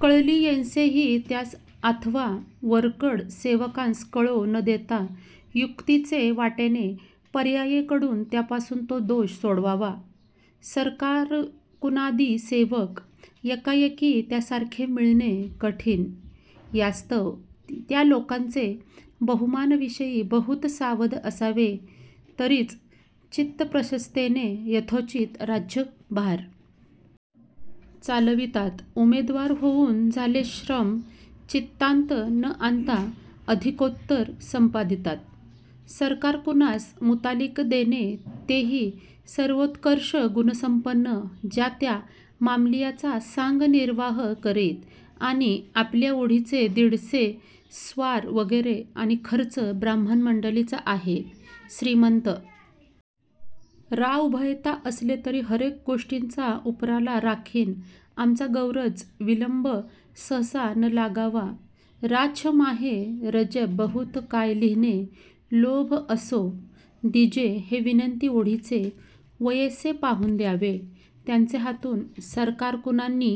कळली यैसेंहि त्यास आथवा वरकड सेवकांस कळों न देतां युक्तीचे वाटेने पर्यायेंकडून त्यापासून तो दोष सोडवावा सरकारकुनादि सेवक येकायेकीं त्यासारिखे मिळणें कठीण यास्तव त्या लोकांचे बहुमानविषयीं बहुत सावध असावें तरीच चित्तप्रशस्ततेने यथोचित राज्यभार चालवितात उमेदवार होऊन जाले श्रम चित्तांत न आणितां अधिकोत्तर संपादितात सरकारकुनास मुतालिक देणें तेहि सर्वोत्कर्षगुणसंपन्न ज्या त्या मामलियाचा सांग निर्वाह करीत आणि आपले वोढीचे दीडसे स्वार वगैरे आणि खर्च ब्राम्हण मंडलीचा आहे श्रीमंत राा उभयता असले तरी हरक गोष्टींचा उपराला राखीन आमचा गौरच विलंब सहसा न लागावा राा छ माहे रजब बहुत काय लिहिणे लोभ असो दीजे हे विनंती वोढीचे वयैसे पाहून द्यावे त्यांचे हतून सरकारकुनांनी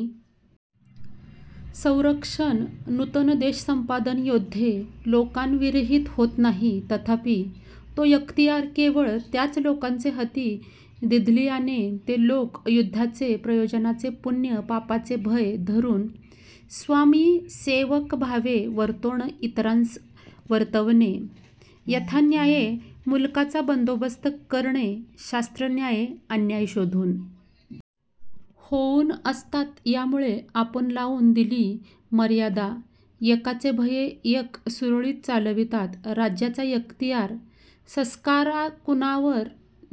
संरक्षण नूतनदेशसंपादन योद्धे लोकांविरहित होत नाहीं तथापि तो यख्तियार केवळ त्याच लोकांचे हतीं दिधलियाने ते लोक युद्धाचे प्रयोजनाचे पूण्य पापाचे भय धरून स्वामिसेवकभावें वर्तोन इतरांस वर्तवणें यथान्यायें मुलकाचा बंदोबस्त करणें शास्त्रन्यायें अन्याय शोधून होऊन असतात यामुळे आपण लाऊन दिल्ही मर्यादा येकाचे भयें येक सुरळीत चालवितात राज्याचा यख्तीयार सस्कारकुनावर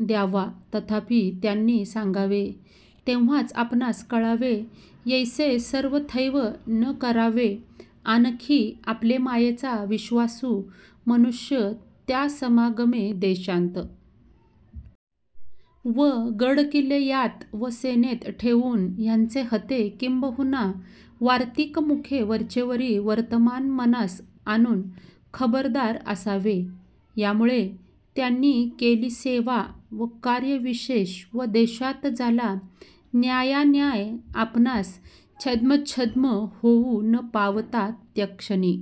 द्यावा तथापि त्यांणी सांगावें तेव्हाच आपणास कळावें यैसें सर्वथैव न करावें आणखी आपले मायेचा विश्वासू मनुष्य त्यासमागमें देशांत व गडकिल्ले यांत व सेनेंत ठेऊन त्यांचे हतें किंबहुना वार्तिकमुखें वरचेवरी वर्तमान मनास आणून खबरदार आसावें यामुळे त्यांणी केली सेवा व कार्यविशेष व देशांत जाला न्यायान्याय आपणांस छद्म छद्म होऊं न पावतां तत्क्षणीं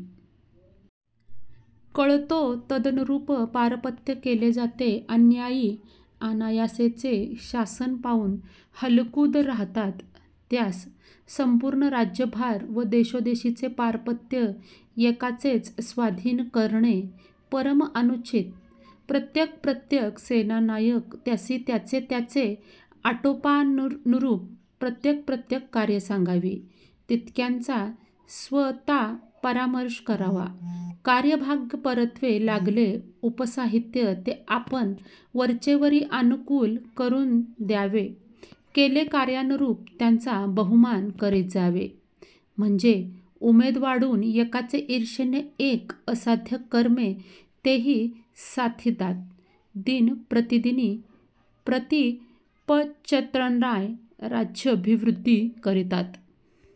कळतो तदनुरुप पारपत्य केलें जातें अन्यायी आनायासेंच शासन पाऊन हलखुद राहतात त्यास संपूर्ण राज्यभार व देशोदेशींचे पारपत्य येकाचेच स्वाधीन करणें परम आनुचित प्रत्यक प्रत्यक सेनानायक त्यांसी त्यांचे त्यांचे आटोपानरूप प्रत्यक प्रत्यक कार्ये सांगावीं तितक्यांचा स्वतां परामर्ष करावा कार्यभागपरत्वें लागलें उपसाहित्य तें आपण वरचेवरी आनकूल करून द्यावें केले कार्यानुरुप त्याचा बहुमान करीत जावे म्हणजे उमेद वाढून येकाचे इर्षेने येक असाध्य कर्म तेंहि साथितात दिन प्रतिदिनीं प्रतिपच्चंद्रन्याय राज्याभिवृद्धि करितात.